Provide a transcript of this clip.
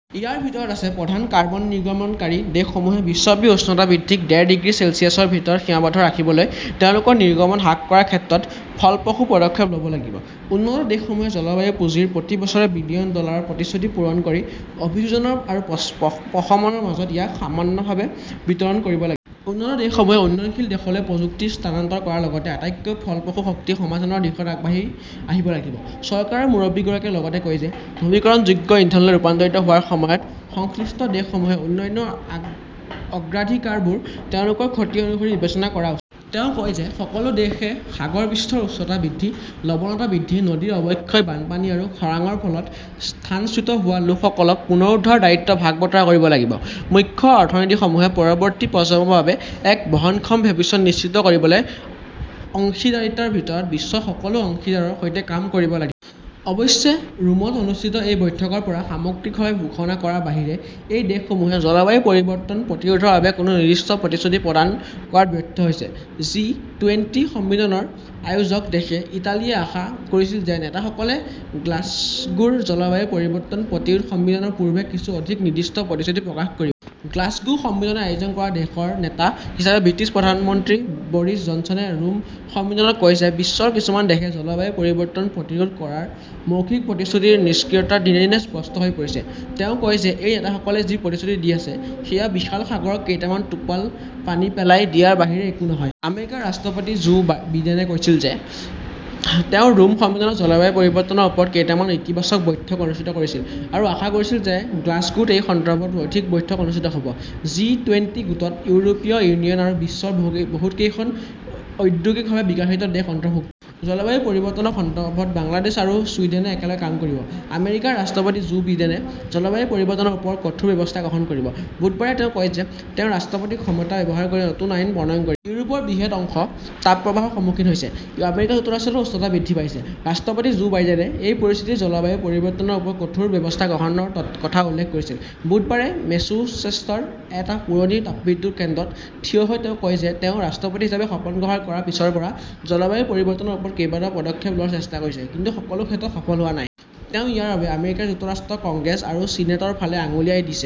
ইয়াৰ ভিতৰত আছে, প্ৰধান কাৰ্বন নিৰ্গমনকাৰী দেশসমূহে বিশ্বব্যাপী উষ্ণতা বৃদ্ধিক ডেৰ ডিগ্ৰী চেলছিয়াছৰ ভিতৰত সীমাবদ্ধ ৰাখিবলৈ তেওঁলোকৰ নিৰ্গমন হ্ৰাস কৰাৰ ক্ষেত্ৰত ফলপ্ৰসূ পদক্ষেপ ল'ব লাগিব। উন্নত দেশসমূহে জলবায়ু পুঁজিৰ, প্ৰতি বছৰে বিলিয়ন ডলাৰৰ প্ৰতিশ্ৰুতি পূৰণ কৰি অভিযোজন আৰু প্ৰশমনৰ মাজত ইয়াক সমানভাৱে বিতৰণ কৰিব লাগিব। উন্নত দেশসমূহে উন্নয়নশীল দেশলৈ প্ৰযুক্তি স্থানান্তৰ কৰাৰ লগতে আটাইতকৈ ফলপ্ৰসূ শক্তি সমাধানৰ দিশত আগবাঢ়ি আহিব লাগিব। চৰকাৰৰ মুৰব্বীগৰাকীয়ে লগতে কয় যে, নৱীকৰণযোগ্য ইন্ধনলৈ ৰূপান্তৰিত হোৱাৰ সময়ত সংশ্লিষ্ট দেশসমূহে উন্নয়নৰ অগ্ৰাধিকাৰবোৰ তেওঁলোকৰ ক্ষতি অনুসৰি বিবেচনা কৰা উচিত। তেওঁ কয় যে, সকলো দেশে সাগৰ পৃষ্ঠৰ উচ্চতা বৃদ্ধি, লৱণতা বৃদ্ধি, নদীৰ অৱক্ষয়, বানপানী আৰু খৰাঙৰ ফলত স্থানচ্যুত হোৱা লোকসকলক পুনৰুদ্ধাৰৰ দায়িত্ব ভাগ-বতৰা কৰিব লাগিব। মুখ্য অৰ্থনীতিসমূহে পৰৱৰ্তী প্ৰজন্মৰ বাবে এক বহনক্ষম ভৱিষ্যত নিশ্চিত কৰিবলৈ অংশীদাৰিত্বৰ ভিত্তিত বিশ্বৰ সকলো অংশীদাৰৰ সৈতে কাম কৰিব লাগিব। অৱশ্যে, ৰোমত অনুষ্ঠিত এই বৈঠকৰ পৰা সামগ্ৰিক ভাৱে ঘোষণা কৰাৰ বাহিৰে, এই দেশসমূহে জলবায়ু পৰিৱৰ্তন প্ৰতিৰোধৰ বাবে কোনো নিৰ্দিষ্ট প্ৰতিশ্ৰুতি প্ৰদান কৰাত ব্যৰ্থ হৈছে। জি টুৱেন্টি সন্মিলনৰ আয়োজক দেশ, ইটালীয়ে আশা কৰিছিল যে, নেতাসকলে গ্লাছগোৰ জলবায়ু পৰিৱৰ্তন প্ৰতিৰোধ সন্মিলনৰ পূৰ্বে কিছু অধিক নিৰ্দিষ্ট প্ৰতিশ্ৰুতি প্ৰকাশ কৰিব। গ্লাছগো সন্মিলন আয়োজন কৰা দেশৰ নেতা হিচাপে ব্ৰিটিছ প্ৰধানমন্ত্ৰী বৰিছ জনছনে ৰোম সন্মিলনত কয় যে, বিশ্বৰ কিছুমান দেশে জলবায়ু পৰিৱৰ্তন প্ৰতিৰোধ কৰাৰ মৌখিক প্ৰতিশ্ৰুতিৰ নিষ্ক্ৰিয়তা দিনে দিনে স্পষ্ট হৈ পৰিছে। তেওঁ কয় যে, এই নেতাসকলে যি প্ৰতিশ্ৰুতি দি আছে, সেয়া বিশাল সাগৰত কেইটামান টোপাল পানী পেলাই দিয়াৰ বাহিৰে একো নহয়। আমেৰিকাৰ ৰাষ্ট্ৰপতি জো বিডেনে কৈছিল যে, তেওঁ ৰোম সন্মিলনত জলবায়ু পৰিৱৰ্তনৰ ওপৰত কেইটামান ইতিবাচক বৈঠক অনুষ্ঠিত কৰিছিল আৰু আশা কৰিছিল যে গ্লাছগোত এই সন্দৰ্ভত অধিক বৈঠক অনুষ্ঠিত হ'ব। জি-টুৱেন্টি গোটত ইউৰোপীয় ইউনিয়ন আৰু বিশ্বৰ বহুতকেইখন ঔদ্যোগিকভাৱে বিকশিত দেশ অন্তৰ্ভুক্ত। জলবায়ু পৰিৱৰ্তনৰ সন্দৰ্ভত বাংলাদেশ আৰু ছুইডেনে একেলগে কাম কৰিব। আমেৰিকাৰ ৰাষ্ট্ৰপতি জো বিডেনে জলবায়ু পৰিৱৰ্তনৰ ওপৰত কঠোৰ ব্যৱস্থা গ্ৰহণ কৰিব। বুধবাৰে তেওঁ কয় যে, তেওঁ ৰাষ্ট্ৰপতিৰ ক্ষমতা ব্যৱহাৰ কৰি নতুন আইন প্ৰণয়ন কৰিব। ইউৰোপৰ বৃহৎ অংশ তাপপ্ৰবাহৰ সন্মুখীন হৈছে। আমেৰিকা যুক্তৰাষ্ট্ৰতো উষ্ণতা বৃদ্ধি পাইছে। ৰাষ্ট্ৰপতি জো বিডেনে এই পৰিস্থিতিত জলবায়ু পৰিৱৰ্তনৰ ওপৰত কঠোৰ ব্যৱস্থা গ্ৰহণৰ কথা উল্লেখ কৰিছে। বুধবাৰে মেছাচুচেটছৰ এটা পুৰণি তাপবিদ্যুৎ কেন্দ্ৰত থিয় হৈ তেওঁ কয় যে, তেওঁ ৰাষ্ট্ৰপতি হিচাপে শপত গ্ৰহণ কৰাৰ পিছৰে পৰা জলবায়ু পৰিৱৰ্তনৰ ওপৰত কেইবাটাও পদক্ষেপ লোৱাৰ চেষ্টা কৰিছে, কিন্তু সকলো ক্ষেত্ৰতে সফল হোৱা নাই। তেওঁ ইয়াৰ বাবে আমেৰিকা যুক্তৰাষ্ট্ৰৰ কংগ্ৰেছ আৰু ছিনেটৰ ফালে আঙুলিয়াই দিছে।